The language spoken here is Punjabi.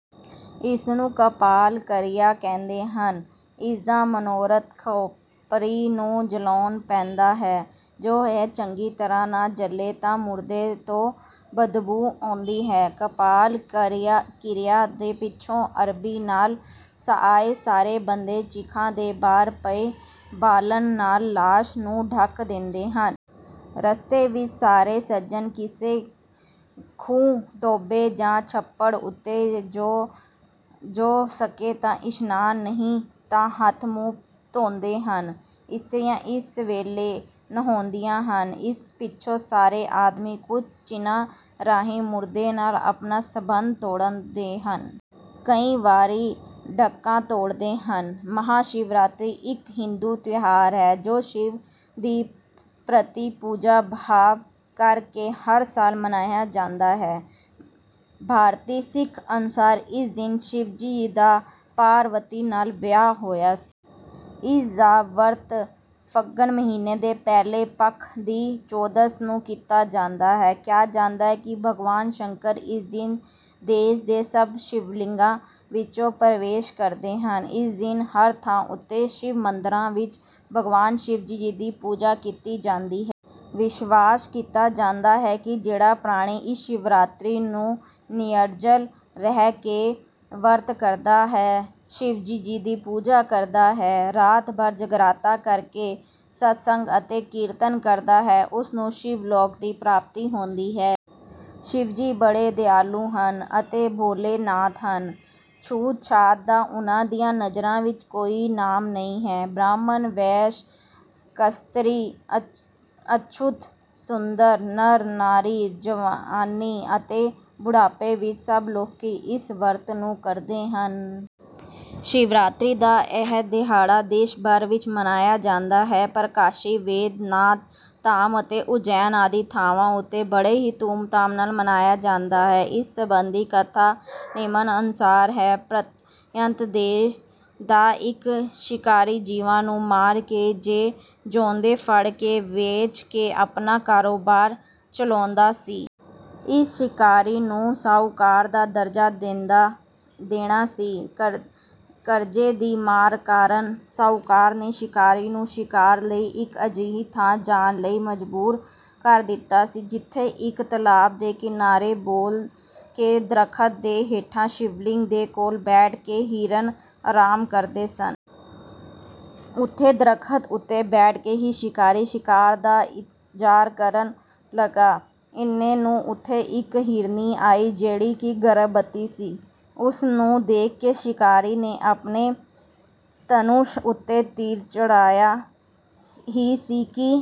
ਇਸਨੂੰ ਕਪਾਲ ਕਿਰਿਆ ਕਹਿੰਦੇ ਹਨ। ਇਸਦਾ ਮਨੋਰਥ ਖੋਪਰੀ ਨੂੰ ਜਲਾਉਣਾ ਪੈਂਦਾ ਹੈ। ਜੇ ਇਹ ਚੰਗੀ ਤਰ੍ਹਾਂ ਨਾ ਜਲੇ ਤਾਂ ਮੁਰਦੇ ਤੋਂ ਬਦਬੂ ਆਉਂਦੀ ਹੈ। ਕਪਾਲ ਕਿਰਿਆ ਤੋਂ ਪਿਛੋਂ ਅਰਥੀ ਨਾਲ ਆਏ ਸਾਰੇ ਬੰਦੇ ਚਿਖਾ ਦੇ ਬਾਹਰ ਪਏ ਬਾਲਣ ਨਾਲ ਲਾਸ਼ ਨੂੰ ਢੱਕ ਦਿੰਦੇ ਹਨ। ਰਸਤੇ ਵਿੱਚ ਸਾਰੇ ਸੱਜਣ ਕਿਸੇ ਖੂਹ, ਟੋਭੇ ਜਾਂ ਛੱਪੜ ਉੱਤੇ ਜੋ ਸਕੇ ਤਾਂ ਇਸ਼ਨਾਨ ਨਹੀਂ ਤਾਂ ਹੱਥ ਮੂੰਹ ਧੋਂਦੇ ਹਨ। ਇਸਤਰੀਆਂ ਇਸ ਵੇਲੇ ਨਹਾਉਂਦੀਆਂ ਹਨ। ਇਸ ਪਿਛੋਂ ਸਾਰੇ ਆਦਮੀ ਕੁਝ ਚਿੰਨ੍ਹਾਂ ਰਾਹੀਂ ਮੁਰਦੇ ਨਾਲ ਆਪਣਾ ਸੰਬੰਧ ਤੋੜ ਦੇ ਹਨ। ਕਈ ਵਾਰੀ ਡੱਕਾ ਤੋੜਦੇ ਹਨ। ਮਹਾਂ ਸ਼ਿਵਰਾਤਰੀ ਇੱਕ ਹਿੰਦੂ ਤਿਉਹਾਰ ਹੈ ਜੋ ਸ਼ਿਵ ਜੀ ਪ੍ਰਤੀ ਪੂਜਾ ਭਾਵ ਕਰ ਕੇ ਹਰ ਸਾਲ ਮਨਾਇਆ ਜਾਂਦਾ ਹੈ। ਭਾਰਤੀ ਮਿਥ ਅਨੁਸਾਰ ਇਸ ਦਿਨ ਸ਼ਿਵ ਜੀ ਦਾ ਪਾਰਵਤੀ ਨਾਲ ਵਿਆਹ ਹੋਇਆ ਸੀ। ਇਸ ਦਾ ਵਰਤ ਫੱਗਣ ਮਹੀਨੇ ਦੇ ਪਹਿਲੇ ਪੱਖ ਦੀ ਚੌਦਸ ਨੂੰ ਕੀਤਾ ਜਾਂਦਾ ਹੈ। ਕਿਹਾ ਜਾਂਦਾ ਹੈ ਕਿ ਭਗਵਾਨ ਸ਼ੰਕਰ ਇਸ ਦਿਨ ਦੇਸ਼ ਦੇ ਸਭ ਸ਼ਿਵਲਿੰਗਾਂ ਵਿੱਚ ਪ੍ਰਵੇਸ਼ ਕਰਦੇ ਹਨ। ਇਸ ਦਿਨ ਹਰ ਥਾਂ ਉੱਤੇ ਸ਼ਿਵ ਮੰਦਿਰਾਂ ਵਿੱਚ ਭਗਵਾਨ ਸ਼ਿਵ ਜੀ ਦੀ ਪੂਜਾ ਕੀਤੀ ਜਾਂਦੀ ਹੈ। ਵਿਸ਼ਵਾਸ ਕੀਤਾ ਜਾਂਦਾ ਹੈ ਕਿ ਜਿਹੜਾ ਪ੍ਰਾਣੀ ਇਸ ਸ਼ਿਵਰਾਤਰੀ ਨੂੰ ਨਿਰਜਲ ਰਹਿ ਕੇ ਵਰਤ ਕਰਦਾ ਹੈ, ਸ਼ਿਵ ਜੀ ਦੀ ਪੂਜਾ ਕਰਦਾ ਹੈ, ਰਾਤ ਭਰ ਜਗਰਾਤਾ ਕਰ ਕੇ ਸਤਿਸੰਗ ਅਤੇ ਕੀਰਤਨ ਕਰਦਾ ਹੈ, ਉਸ ਨੂੰ ਸ਼ਿਵ ਲੋਕ ਦੀ ਪ੍ਰਾਪਤੀ ਹੁੰਦੀ ਹੈ। ਸ਼ਿਵ ਜੀ ਬੜੇ ਦਿਆਲੂ ਹਨ ਅਤੇ ਭੋਲੇ ਨਾਥ ਹਨ। ਛੂਤ-ਛਾਤ ਦਾ ਉਨ੍ਹਾਂ ਦੀਆਂ ਨਜ਼ਰਾਂ ਵਿੱਚ ਕੋਈ ਨਾਮ ਨਹੀਂ ਹੈ। ਬ੍ਰਾਹਮਣ, ਵੈਸ਼, ਕਸ਼ੱਤਰੀ, ਅਛੂਤ, ਸੂਦਰ, ਨਰ, ਨਾਰੀ, ਜਵਾਨੀ ਅਤੇ ਬੁਢਾਪੇ ਵਿੱਚ ਸਭ ਲੋਕੀ ਇਸ ਵਰਤ ਨੂੰ ਕਰਦੇ ਹਨ। ਸ਼ਿਵਰਾਤਰੀ ਦਾ ਇਹ ਦਿਹਾੜਾ ਦੇਸ਼ ਭਰ ਵਿੱਚ ਮਨਾਇਆ ਜਾਂਦਾ ਹੈ ਪਰ ਕਾਸ਼ੀ ਵੈਦ ਨਾਥ ਧਾਮ ਅਤੇ ਉਜੈਨ ਆਦਿ ਥਾਵਾਂ ਉੱਤੇ ਬੜੇ ਹੀ ਧੂਮ ਧਾਮ ਨਾਲ ਮਨਾਇਆ ਜਾਂਦਾ ਹੈ। ਇਸ ਸੰਬੰਧੀ ਕਥਾ ਨਿਮਨ ਅਨੁਸਾਰ ਹੈ: ਪ੍ਰਤਯੰਤ ਦੇਸ਼ ਦਾ ਇੱਕ ਸ਼ਿਕਾਰੀ ਜੀਵਾਂ ਨੂੰ ਮਾਰ ਕੇ ਜਾਂ ਜਿਊਂਦੇ ਫੜ ਕੇ ਵੇਚ ਕੇ ਆਪਣਾ ਕਾਰੋਬਾਰ ਚਲਾਉਂਦਾ ਸੀ। ਇਸ ਸ਼ਿਕਾਰੀ ਨੇ ਸ਼ਾਹੂਕਾਰ ਦਾ ਦਰਜ਼ਾ ਦੇਣਾ ਸੀ। ਕਰਜ਼ੇ ਦੀ ਮਾਰ ਕਾਰਨ ਸ਼ਾਹੂਕਾਰ ਨੇ ਸ਼ਿਕਾਰੀ ਨੂੰ ਸ਼ਿਕਾਰ ਲਈ ਇੱਕ ਅਜਿਹੀ ਥਾਂ ਜਾਣ ਲਈ ਮਜਬੂਰ ਕਰ ਦਿੱਤਾ ਸੀ, ਜਿਥੇ ਕਿ ਇੱਕ ਤਲਾਬ ਦੇ ਕਿਨਾਰੇ ਬੇਲ ਦੇ ਦਰੱਖਤ ਦੇ ਹੇਠਾਂ ਸ਼ਿਵਲਿੰਗ ਦੇ ਕੋਲ ਬੈਠ ਕੇ ਹਿਰਨ ਆਰਾਮ ਕਰਦੇ ਸਨ। ਉਥੇ ਦਰੱਖਤ ਉੱਤੇ ਬੈਠ ਕੇ ਹੀ ਸ਼ਿਕਾਰੀ ਸ਼ਿਕਾਰ ਦਾ ਇੰਤਜ਼ਾਰ ਕਰਨ ਲੱਗਾ। ਇੰਨੇ ਨੂੰ ਉਥੇ ਇੱਕ ਹਿਰਨੀ ਆਈ, ਜਿਹੜੀ ਕਿ ਗਰਭਵਤੀ ਸੀ। ਉਸ ਨੂੰ ਦੇਖ ਕੇ ਸ਼ਿਕਾਰੀ ਨੇ ਆਪਣੇ ਧਨੁੱਸ਼ ਉੱਤੇ ਤੀਰ ਚੜ੍ਹਾਇਆ ਹੀ ਸੀ ਕਿ